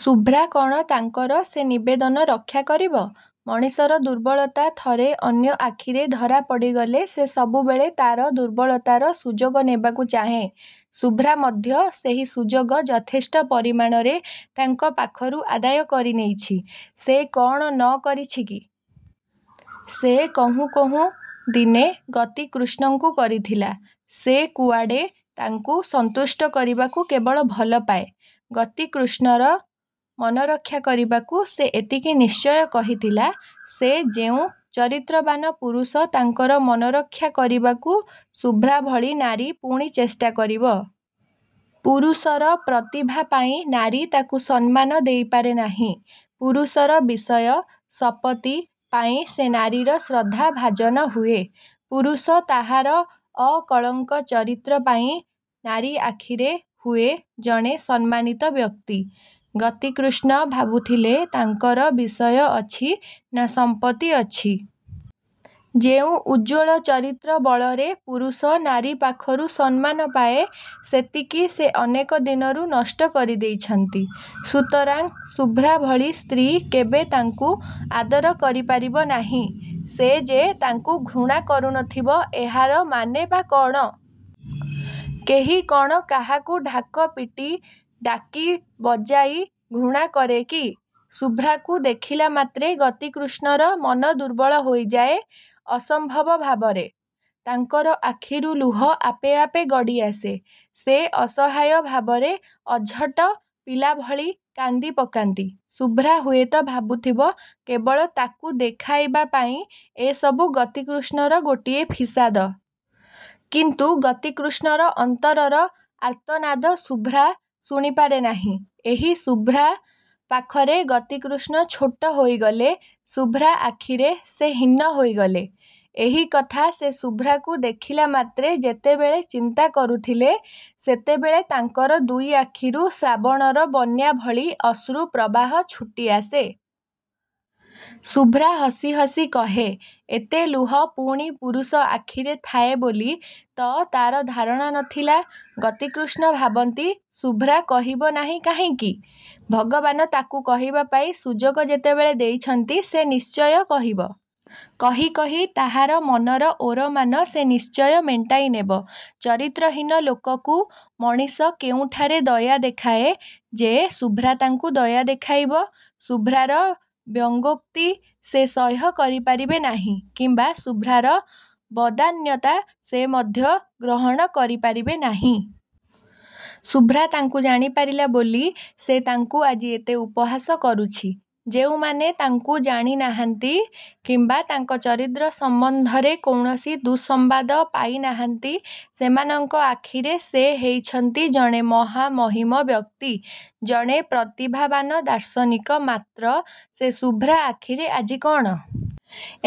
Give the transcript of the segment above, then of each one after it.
ଶୁଭ୍ରା କ'ଣ ତାଙ୍କର ସେ ନିବେଦନ ରକ୍ଷା କରିବ? ମଣିଷର ଦୁର୍ବଳତା ଥରେ ଅନ୍ୟ ଆଖିରେ ଧରା ପଡ଼ିଗଲେ ସେ ସବୁବେଳେ ତା'ର ଦୁର୍ବଳତାର ସୁଯୋଗ ନେବାକୁ ଚାହେଁ। ଶୁଭ୍ରା ମଧ୍ୟ ସେହି ସୁଯୋଗ ଯଥେଷ୍ଟ ପରିମାଣରେ ତାଙ୍କ ପାଖରୁ ଆଦାୟ କରିନେଇଛି। ସେ କ'ଣ ନ କରିଛି କି? ସେ କହୁଁ କହୁଁ ଦିନେ ଗତିକୃଷ୍ଣଙ୍କୁ କରିଥିଲା, ''ସେ କୁଆଡ଼େ ତାଙ୍କୁ ସନ୍ତୁଷ୍ଟ କରିବାକୁ କେବଳ ଭଲପାଏ। '' ଗତିକୃଷ୍ଣର ମନରକ୍ଷା କରିବାକୁ ସେ ଏତିକି ନିଶ୍ଚୟ କହିଥିଲା। ସେ ଯେଉଁ ଚରିତ୍ରବାନ ପୁରୁଷ, ତାଙ୍କର ମନରକ୍ଷା କରିବାକୁ ଶୁଭ୍ରା ଭଳି ନାରୀ ପୁଣି ଚେଷ୍ଟା କରିବ? ପୁରୁଷର ପ୍ରତିଭା ପାଇଁ ନାରୀ ତାକୁ ସମ୍ମାନ ଦେଇପାରେ ନାହିଁ। ପୁରୁଷର ବିଷୟ, ସପତ୍ତି ପାଇଁ ସେ ନାରୀର ଶ୍ରଦ୍ଧା ଭାଜନ ହୁଏ। ପୁରୁଷ ତାହାର ଅକଳଙ୍କ ଚରିତ୍ର ପାଇଁ ନାରୀ ଆଖିରେ ହୁଏ ଜଣେ ସମ୍ମାନିତ ବ୍ୟକ୍ତି-। ଗତିକୃଷ୍ଣ ଭାବୁଥିଲେ ତାଙ୍କର ବିଷୟ ଅଛି ନା ସମ୍ପତ୍ତି ଅଛି? ଯେଉଁ ଉଜ୍ଜ୍ୱଳ ଚରିତ୍ର ବଳରେ ପୁରୁଷ ନାରୀ ପାଖରୁ ସମ୍ମାନ ପାଏ, ସେତିକି ସେ ଅନେକ ଦିନରୁ ନଷ୍ଟ କରିଦେଇଛନ୍ତି। ସୁତରାଂ ଶୁଭ୍ରା ଭଳି ସ୍ତ୍ରୀ କେବେ ତାଙ୍କୁ ଆଦର କରିପାରିବ ନାହିଁ। ସେ ଯେ ତାଙ୍କୁ ଘୃଣା କରୁନଥିବ ଏହାର ମାନେ ବା କ'ଣ? କେହି କ'ଣ କାହାକୁ ଢାକ ପିଟି, ଡାକି ବଜାଇ ଘୃଣା କରେ କି? ଶୁଭ୍ରାକୁ ଦେଖିଲାମାତ୍ରେ ଗତିକୃଷ୍ଣର ମନ ଦୁର୍ବଳ ହୋଇଯାଏ ଅସମ୍ଭବ ଭାବରେ। ତାଙ୍କର ଆଖିରୁ ଲୁହ ଆପେ ଆପେ ଗଡ଼ିଆସେ। ସେ ଅସହାୟ ଭାବରେ ଅଝଟ ପିଲାଭଳି କାନ୍ଦିପକାନ୍ତି। ଶୁଭ୍ରା ହୁଏତ ଭାବୁଥିବ କେବଳ ତାକୁ ଦେଖାଇବା ପାଇଁ ଏସବୁ ଗତିକୃଷ୍ଣର ଗୋଟିଏ ଫିସାଦ। କିନ୍ତୁ ଗତିକୃଷ୍ଣର ଅନ୍ତରର ଆର୍ତ୍ତନାଦ ଶୁଭ୍ରା ଶୁଣିପାରେ ନାହିଁ। ଏହି ଶୁଭ୍ରା ପାଖରେ ଗତିକୃଷ୍ଣ ଛୋଟ ହୋଇଗଲେ। ଶୁଭ୍ରା ଆଖିରେ ସେ ହୀନ ହୋଇଗଲେ। ଏହି କଥା ସେ ଶୁଭ୍ରାକୁ ଦେଖିଲା ମାତ୍ରେ ଯେତେବେଳେ ଚିନ୍ତା କରୁଥିଲେ, ସେତେବେଳେ ତାଙ୍କର ଦୁଇ ଆଖିରୁ ଶ୍ରାବଣର ବନ୍ୟା ଭଳି ଅଶ୍ରୁ ପ୍ରବାହ ଛୁଟିଆସେ। ଶୁଭ୍ରା ହସି ହସି କହେ, ''ଏତେ ଲୁହ ପୁଣି ପୁରୁଷ ଆଖିରେ ଥାଏ ବୋଲି ତ ତା'ର ଧାରଣା ନ ଥିଲା। '' ଗତିକୃଷ୍ଣ ଭାବନ୍ତି ଶୁଭ୍ରା କହିବ ନାହିଁ କାହିଁକି? ଭଗବାନ ତାକୁ କହିବା ପାଇଁ ସୁଯୋଗ ଯେତେବେଳେ ଦେଇଛନ୍ତି ସେ ନିଶ୍ଚୟ କହିବ। କହି କହି ତାହାର ମନର ଓରମାନ ସେ ନିଶ୍ଚୟ ମେଣ୍ଟାଇନେବ। ଚରିତ୍ରହୀନ ଲୋକକୁ ମଣିଷ କେଉଁଠାରେ ଦୟା ଦେଖାଏ ଯେ ଶୁଭ୍ରା ତାଙ୍କୁ ଦୟା ଦେଖାଇବ? ଶୁଭ୍ରାର ବ୍ୟଙ୍ଗୋକ୍ତି ସେ ସହ୍ୟ କରିପାରିବେ ନାହିଁ କିମ୍ବା ଶୁଭ୍ରାର ବଦାନ୍ୟତା ସେ ମଧ୍ୟ ଗ୍ରହଣ କରିପାରିବେ ନାହିଁ। ଶୁଭ୍ରା ତାଙ୍କୁ ଜାଣିପାରିଲା ବୋଲି ତ ସେ ତାଙ୍କୁ ଆଜି ଏତେ ଉପହାସ କରୁଛି। ଯେଉଁମାନେ ତାଙ୍କୁ ଜାଣିନାହାନ୍ତି କିମ୍ବା ତାଙ୍କ ଚରିତ୍ର ସମ୍ବନ୍ଧରେ କୌଣସି ଦୁଃସମ୍ବାଦ ପାଇନାହାନ୍ତି ସେମାନଙ୍କ ଆଖିରେ ସେ ହେଇଛନ୍ତି ଜଣେ ମହାମହିମ ବ୍ୟକ୍ତି। ଜଣେ ପ୍ରତିଭାବାନ ଦାର୍ଶନିକ। ମାତ୍ର ସେ ଶୁଭ୍ରା ଆଖିରେ ଆଜି କ'ଣ?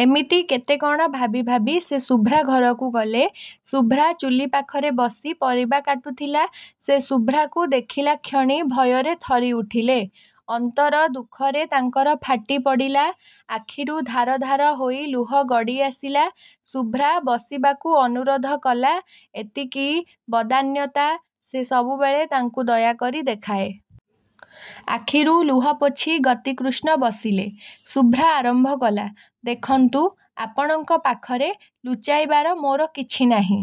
ଏମିତି କେତେ କ'ଣ ଭାବିଭାବି ସେ ଶୁଭ୍ରା ଘରକୁ ଗଲେ। ଶୁଭ୍ରା ଚୁଲି ପାଖରେ ବସି ପରିବା କାଟୁଥିଲା। ସେ ଶୁଭ୍ରାକୁ ଦେଖିଲାକ୍ଷଣି ଭୟରେ ଥରିଉଠିଲେ। ଅନ୍ତର ଦୁଃଖରେ ତାଙ୍କର ଫାଟିପଡ଼ିଲା। ଆଖିରୁ ଧାର ଧାର ହୋଇ ଲୁହ ଗଡ଼ିଆସିଲା। ଶୁଭ୍ରା ବସିବାକୁ ଅନୁରୋଧ କଲା, ଏତିକି ବଦାନ୍ୟତା ସେ ସବୁବେଳେ ତାଙ୍କୁ ଦୟାକରି ଦେଖାଏ। ଆଖିରୁ ଲୁହପୋଛି ଗତିକୃଷ୍ଣ ବସିଲେ। ଶୁଭ୍ରା ଆରମ୍ଭ କଲା, ''ଦେଖନ୍ତୁ! ଆପଣଙ୍କ ପାଖରେ ଲୁଚାଇବାର ମୋର କିଛି ନାହିଁ।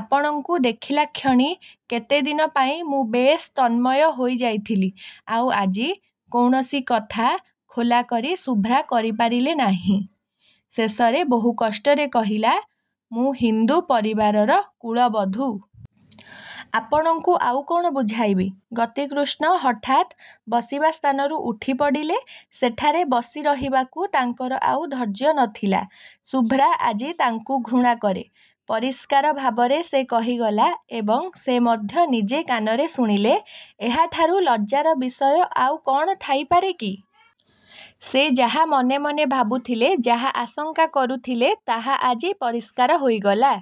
ଆପଣଙ୍କୁ ଦେଖିଲାକ୍ଷଣି କେତେଦିନ ପାଇଁ ମୁଁ ବେଶ୍ ତନ୍ମୟ ହୋଇଯାଇଥିଲି। ଆଉ ଆଜି। '' କୌଣସି କଥା ଖୋଲିକରି ଶୁଭ୍ରା କରିପାରିଲେ ନାହିଁ। ଶେଷରେ ବହୁ କଷ୍ଟରେ କହିଲା, ''ମୁଁ ହିନ୍ଦୁ ପରିବାରର କୁଳ-ବଧୂ। ଆପଣଙ୍କୁ ଆଉ କ'ଣ ବୁଝାଇବି। '' ଗତିକୃଷ୍ଣ ହଠାତ୍ ବସିବା ସ୍ଥାନରୁ ଉଠିପଡ଼ିଲେ। ସେଠାରେ ବସିରହିବାକୁ ତାଙ୍କର ଆଉ ଧୈର୍ଯ୍ୟ ନ ଥିଲା। ଶୁଭ୍ରା ଆଜି ତାଙ୍କୁ ଘୃଣାକରେ। ପରିଷ୍କାର ଭାବରେ ସେ କହିଗଲା ଏବଂ ସେ ମଧ୍ୟ ନିଜେ କାନରେ ଶୁଣିଲେ। ଏହାଠାରୁ ଲଜ୍ଜାର ବିଷୟ ଆଉ କ'ଣ ଥାଇପାରେ କି? ସେ ଯାହା ମନେମନେ ଭାବୁଥିଲେ, ଯାହା ଆଶଙ୍କା କରୁଥିଲେ ତାହା ଆଜି ପରିଷ୍କାର ହୋଇଗଲା।